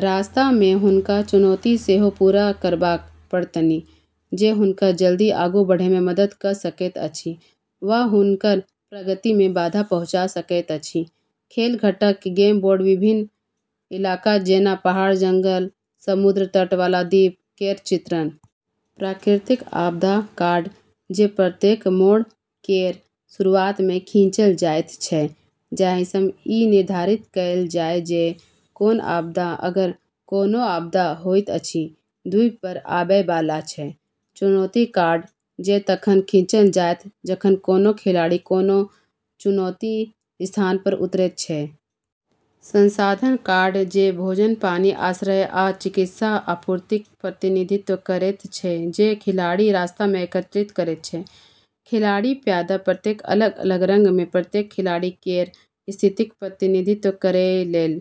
रास्तामे हुनका चुनौती सेहो पूरा करबाक पड़तनि जे हुनका जल्दी आगू बढ़ैमे मदद कऽ सकैत अछि वा हुनकर प्रगतिमे बाधा पहुँचा सकैत अछि। खेल घटक गेम बोर्ड विभिन्न इलाका जेना पहाड़ जंगल समुद्र तट वाला द्वीप केर चित्रण। प्राकृतिक आपदा कार्ड जे प्रत्येक मोड़ केर शुरुआतमे खींचल जाइत छै जाहिसँ ई निर्धारित कएल जाय जे कोन आपदा अगर कोनो आपदा होइत अछि द्वीपपर आबैवाला छै। चुनौती कार्ड जे तखन खींचल जायत जखन कोनो खिलाड़ी कोनो चुनौती स्थानपर उतरैत छै। संसाधन कार्ड जे भोजन पानी आश्रय आ चिकित्सा आपूर्तिक प्रतिनिधित्व करैत छै जे खिलाड़ी रास्तामे एकत्रित करैत छै। खिलाड़ी प्यादा प्रत्येक अलग अलग रंगमे प्रत्येक खिलाड़ी केर स्थितिक प्रतिनिधित्व करै लेल।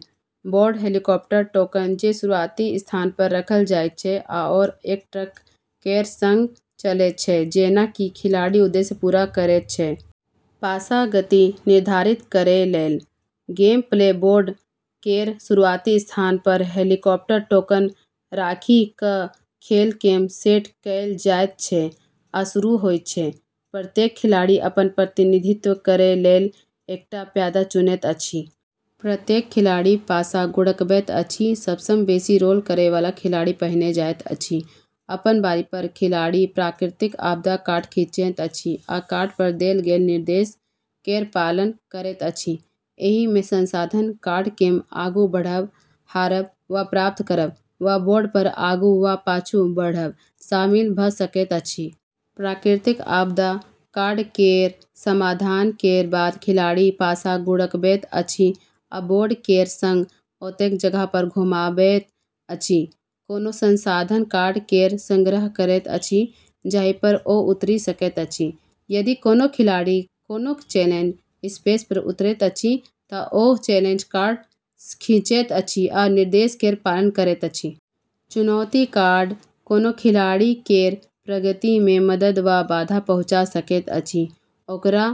बोर्ड हेलीकॉप्टर टोकन जे शुरुआती स्थानपर रखल जाइत छै आओर एक ट्रैक केर संग चलैत छै जेना कि खिलाड़ी उद्देश्य पूरा करैत छै। पासा गति निर्धारित करै लेल। गेमप्ले बोर्ड केर शुरुआती स्थानपर हेलीकॉप्टर टोकन राखि कऽ खेलकेँ सेट कएल जाइत छै आ शुरू होइत छै। प्रत्येक खिलाड़ी अपन प्रतिनिधित्व करै लेल एकटा प्यादा चुनैत अछि। प्रत्येक खिलाड़ी पासा गुड़कबैत अछि सबसँ बेसी रोल करैवाला खिलाड़ी पहिने जाइत अछि। अपन बारीपर खिलाड़ी प्राकृतिक आपदा कार्ड खींचैत अछि आ कार्डपर देल गेल निर्देश केर पालन करैत अछि। एहिमे संसाधन कार्डकेँ आगू बढ़ब हारब वा प्राप्त करब वा बोर्डपर आगू वा पाछू बढ़ब शामिल भऽ सकैत अछि। प्राकृतिक आपदा कार्ड केर समाधान केर बाद खिलाड़ी पासा गुड़कबैत अछि आ बोर्ड केर संग ओतेक जगहपर घुमाबैत अछि कोनो संसाधन कार्ड केर संग्रह करैत अछि जाहिपर ओ उतरि सकैत अछि। यदि कोनो खिलाड़ी कोनो चैलेंज स्पेसपर उतरैत अछि तऽ ओ चैलेंज कार्ड खींचैत अछि आ निर्देश केर पालन करैत अछि। चुनौती कार्ड कोनो खिलाड़ी केर प्रगतिमे मदद वा बाधा पहुँचा सकैत अछि ओकरा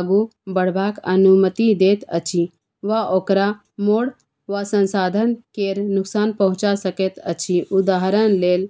आगू बढ़बाक अनुमति दैत अछि वा ओकरा मोड़ वा संसाधन केर नुकसान पहुँचा सकैत अछि उदाहरण लेल।